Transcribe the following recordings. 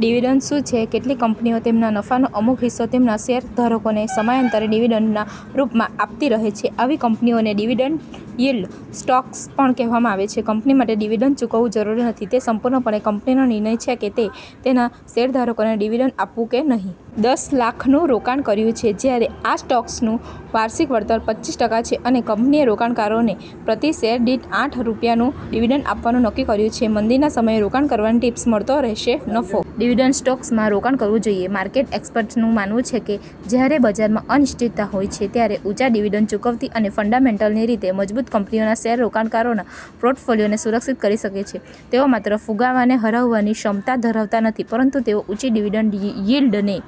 Dividend શું છે? કેટલીક કંપનીઓ તેમના નફાનો અમુક હિસ્સો તેમના શેરધારકોને સમયાંતરે ડિવિડન્ડના રૂપમાં આપતી રહે છે. આવી કંપનીઓને ડિવિડન્ડ યીલ્ડ સ્ટોક્સ પણ કહેવામાં આવે છે. કંપની માટે ડિવિડન્ડ ચૂકવવું જરૂરી નથી. તે સંપૂર્ણપણે કંપનીનો નિર્ણય છે કે તે તેના શેરધારકોને ડિવિડન્ડ આપવું કે નહીં. દસ લાખ નું રોકાણ કર્યું છે. જ્યારે આ સ્ટોક્સનું વાર્ષિક વળતર પચીસ ટકા છે અને કંપનીએ રોકાણકારોને પ્રતિ શેર દીઠ આઠ રૂપિયાનું ડિવિડન્ડ આપવાનું નક્કી કર્યું છે. મંદીના સમયે રોકાણ કરવાની ટીપ્સ, મળતો રહેશે નફો. ડિવિડન્ડ સ્ટોક્સમાં રોકાણ કરવું જોઇએ. માર્કેટ એક્સપર્ટ્સનું માનવું છે કે, જ્યારે બજારમાં અનિશ્ચિતતા હોય છે, ત્યારે ઊંચા ડિવિડન્ડ ચૂકવતી અને ફંડામેન્ટલની રીતે મજબૂત કંપનીઓના શેર રોકાણકારોના પોર્ટફોલિયોને સુરક્ષિત કરી શકે છે. તેઓ માત્ર ફુગાવાને હરાવવાની ક્ષમતા ધરાવતા નથી, પરંતુ તેઓ ઊંચી ડિવિડન્ડ યીલ્ડને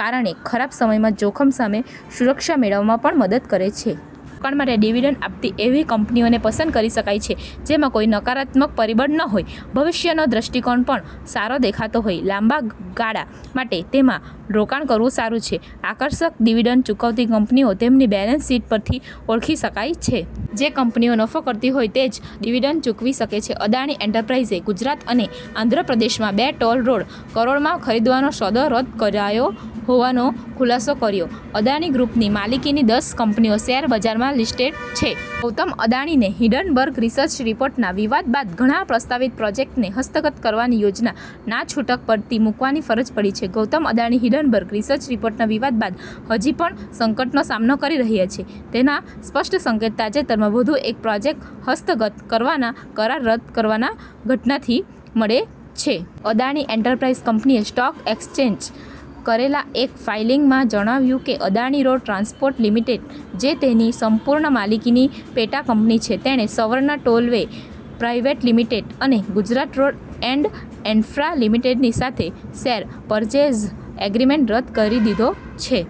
કારણે ખરાબ સમયમાં જોખમ સામે સુરક્ષા મેળવવામાં પણ મદદ કરે છે. રોકાણ માટે ડિવિડન્ડ આપતી એવી કંપનીઓને પસંદ કરી શકાય છે, જેમાં કોઈ નકારાત્મક પરિબળ ન હોય, ભવિષ્યનો દ્રષ્ટિકોણ પણ સારો દેખાતો હોય. લાંબા ગાળા માટે તેમાં રોકાણ કરવું સારું છે. આકર્ષક ડિવિડન્ડ ચૂકવતી કંપનીઓ તેમની બેલેન્સ શીટ પરથી ઓળખી શકાય છે. જે કંપનીઓ નફો કરતી હોય તે જ ડિડિવન્ડ ચૂકવી શકે છે. અદાણી એન્ટરપ્રાઇસે ગુજરાત અને આંધ્રપ્રદેશમાં બે ટોલ રોડ કરોડમાં ખરીદવાનો સોદો રદ કરાયો હોવાનો ખુલાસો કર્યો. અદાણી ગ્રૂપની માલિકીની દસ કંપનીઓ શેરબજારમાં લિસ્ટેડ છે. ગૌતમ અદાણીને હિડનબર્ગ રિસર્ચ રિપોર્ટના વિવાદ બાદ ઘણા પ્રસ્તાવિત પ્રોજેક્ટને હસ્તગત કરવાની યોજના નાછુટક પડતી મૂકવાની ફરજ પડી છે. ગૌતમ અદાણી હિંડનબર્ગ રિસર્ચ રિપોર્ટના વિવાદ બાદ હજી પણ સંકટનો સામનો કરી રહ્યા છે, તેના સ્પષ્ટ સંકેત તાજેતરમાં વધુ એક પ્રોજેક્ટ હસ્તગત કરવાના કરાર રદ કરવાના ઘટનાથી મળે છે. અદાણી એન્ટરપ્રાઇસ કંપનીએ સ્ટોક એક્સચેન્જે કરેલા એક ફાઇલિંગમાં જણાવ્યું કે, અદાણી રોડ ટ્રાન્સપોર્ટ લિમિટેડ જે તેની સંપૂર્ણ માલિકીની પેટા કંપની છે તેણે સ્વર્ણ ટોલવે પ્રાઇવેટ લિમિટેડ અને ગુજરાત રોડ એન્ડ ઇન્ફ્રા લિમિટેડની સાથે શેર પર્ચેઝ એગ્રીમેન્ટ રદ કરી દીધો છે.